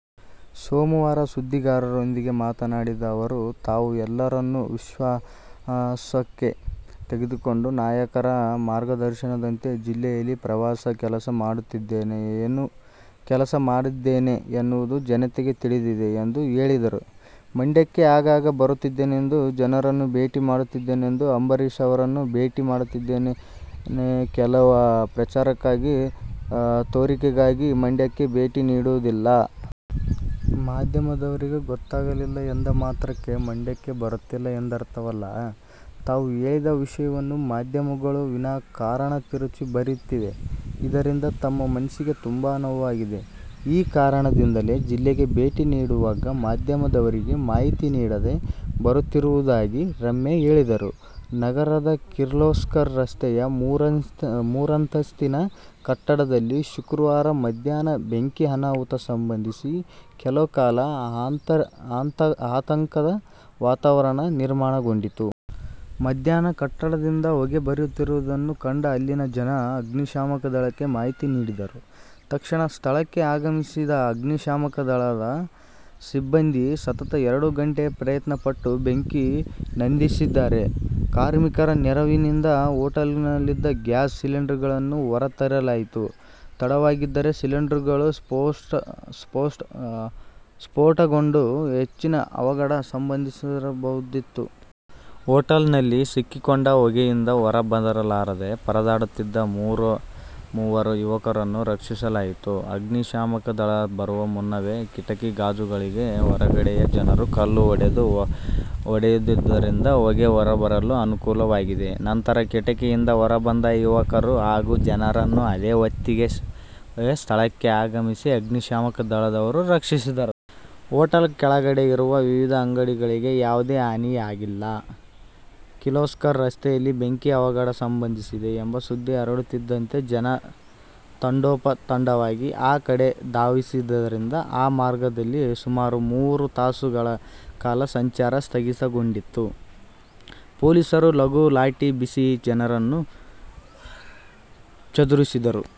ಸೋಮವಾರ ಸುದ್ದಿಗಾರರೊಂದಿಗೆ ಮಾತನಾಡಿದ ಅವರು, ತಾವು ಎಲ್ಲರನ್ನೂ ವಿಶ್ವಾಸಕ್ಕೆ ತೆಗೆದುಕೊಂಡು ನಾಯಕರ ಮಾರ್ಗದರ್ಶನದಂತೆ ಜಿಲ್ಲೆಯಲ್ಲಿ ಪ್ರವಾಸ, ಕೆಲಸ ಮಾಡುತ್ತಿದ್ದೇನೆ. ಏನು ಕೆಲಸ ಮಾಡುತ್ತಿದ್ದೇನೆ ಎನ್ನುವುದು ಜನತೆಗೆ ತಿಳಿದಿದೆ ಎಂದು ಹೇಳಿದರು. ಮಂಡ್ಯಕ್ಕೆ ಆಗಾಗ ಬರುತ್ತಿರುತ್ತೇನೆ. ಜನರನ್ನು ಭೇಟಿ ಮಾಡುತ್ತಿದ್ದೇನೆ. ಅಂಬರೀಶ್ ಅವರನ್ನೂ ಭೇಟಿ ಮಾಡಿದ್ದೇನೆ. ಕೇವಲ ಪ್ರಚಾರಕ್ಕಾಗಿ, ತೋರಿಕೆಗಾಗಿ ಮಂಡ್ಯಕ್ಕೆ ಭೇಟಿ ನೀಡುತ್ತಿಲ್ಲ. ಮಾಧ್ಯಮದವರಿಗೆ ಗೊತ್ತಾಗಲಿಲ್ಲ ಎಂದ ಮಾತ್ರಕ್ಕೆ ಮಂಡ್ಯಕ್ಕೆ ಬರುತ್ತಿಲ್ಲ ಎಂದರ್ಥವಲ್ಲ. ತಾವು ಹೇಳಿದ ವಿಷಯವನ್ನು ಮಾಧ್ಯಮಗಳು ವಿನಾ ಕಾರಣ ತಿರುಚಿ ಬರೆಯುತ್ತಿವೆ. ಇದರಿಂದ ತಮ್ಮ ಮನಸ್ಸಿಗೆ ತುಂಬಾ ನೋವಾಗಿದೆ. ಈ ಕಾರಣದಿಂಲೇ ಜಿಲ್ಲೆಗೆ ಭೇಟಿ ನೀಡುವಾಗ ಮಾಧ್ಯಮದವರಿಗೆ ಮಾಹಿತಿ ನೀಡದೆ ಬರುತ್ತಿರುವುದಾಗಿ ರಮ್ಯಾ ಹೇಳಿದರು. ನಗರದ ಕಿರ್ಲೋಸ್ಕರ್ ರಸ್ತೆಯ ಮೂರಂತಸ್ತಿನ ಕಟ್ಟಡದಲ್ಲಿ ಶುಕ್ರವಾರ ಮಧ್ಯಾಹ್ನ ಬೆಂಕಿ ಅನಾಹುತ ಸಂಭವಿಸಿ ಕೆಲ ಕಾಲ ಆತಂಕದ ವಾತಾವರಣ ನಿರ್ಮಾಣವಾಗಿತ್ತು. ಮಧ್ಯಾಹ್ನ ಕಟ್ಟಡದಿಂದ ಹೊಗೆ ಬರುತ್ತಿರುವುದನ್ನು ಕಂಡ ಅಲ್ಲಿಯ ಜನ ಅಗ್ನಿಶಾಮಕ ದಳಕ್ಕೆ ಮಾಹಿತಿ ನೀಡಿದರು. ತಕ್ಷಣ ಸ್ಥಳಕ್ಕೆ ಆಗಮಿಸಿದ ಅಗ್ನಿಶಾಮಕ ದಳದ ಸಿಬ್ಬಂದಿ ಸತತ ಎರಡು ಗಂಟೆ ಪ್ರಯತ್ನ ಪಟ್ಟು ಬೆಂಕಿ ನಂದಿಸಿದ್ದಾರೆ. ಕಾರ್ಮಿಕರ ನೆರವಿನಿಂದ ಹೊಟೇಲ್ನಲ್ಲಿದ್ದ ಗ್ಯಾಸ್ ಸಿಲಿಂಡರ್ಗಳನ್ನು ಹೊರ ತರಲಾಯಿತು. ತಡವಾಗಿದ್ದರೆ ಸಿಲಿಂಡರ್ಗಳು ಸ್ಫೋಟಗೊಂಡು ಹೆಚ್ಚಿನ ಅವಘಡ ಸಂಭವಿಸಬಹುದಿತ್ತು. ಹೊಟೇಲ್ನಲ್ಲಿ ಸಿಕ್ಕಿಕೊಂಡು ಹೊಗೆಯಿಂದ ಹೊರ ಬರಲಾರದೇ ಪರದಾಡುತ್ತಿದ್ದ ಮೂವರು ಯುವಕರನ್ನು ರಕ್ಷಿಸಲಾಯಿತು. ಅಗ್ನಿ ಶಾಮಕ ದಳ ಬರುವ ಮುನ್ನವೇ ಕಿಟಕಿ ಗಾಜುಗಳಿಗೆ ಹೊರಗಡೆಯ ಜನರು ಕಲ್ಲು ಹೊಡೆದು ಒಡೆದಿದ್ದರಿಂದ ಹೊಗೆ ಹೊರಬರಲು ಅನುಕೂಲವಾಗಿದೆ. ನಂತರ ಕಿಟಕಿಯಿಂದ ಹೊರಬಂದ ಯುವಕರು ಹಾಗೂ ಜನರನ್ನು ಅದೇ ಹೊತ್ತಿಗೆ ಸ್ಥಳಕ್ಕೆ ಆಗಮಿಸಿದ ಅಗ್ನಿಶಾಮಕ ದಳದವರು ರಕ್ಷಿಸಿದರು. ಹೊಟೇಲ್ ಕೆಳಗಡೆ ಇರುವ ವಿವಿಧ ಅಂಗಡಿಗಳಿಗೆ ಯಾವುದೇ ಹಾನಿಯಾಗಿಲ್ಲ. ಕಿರ್ಲೋಸ್ಕರ್ ರಸ್ತೆಯಲ್ಲಿ ಬೆಂಕಿ ಅವಘಡ ಸಂಭವಿಸಿದೆ ಎಂಬ ಸುದ್ದಿ ಹರಡುತ್ತಿದ್ದಂತೆ ಜನ ತಂಡೋಪ ತಂಡವಾಗಿ ಆ ಕಡೆ ಧಾವಿಸಿದ್ದರಿಂದ ಆ ಮಾರ್ಗದಲ್ಲಿ ಸುಮಾರು ಮೂರು ತಾಸುಗಳ ಕಾಲ ಸಂಚಾರ ಸ್ಥಗಿತಗೊಂಡಿತು. ಪೊಲೀಸರು ಲಘು ಲಾಠಿ ಬೀಸಿ ಜನರನ್ನು ಚದುರಿಸಿದರು.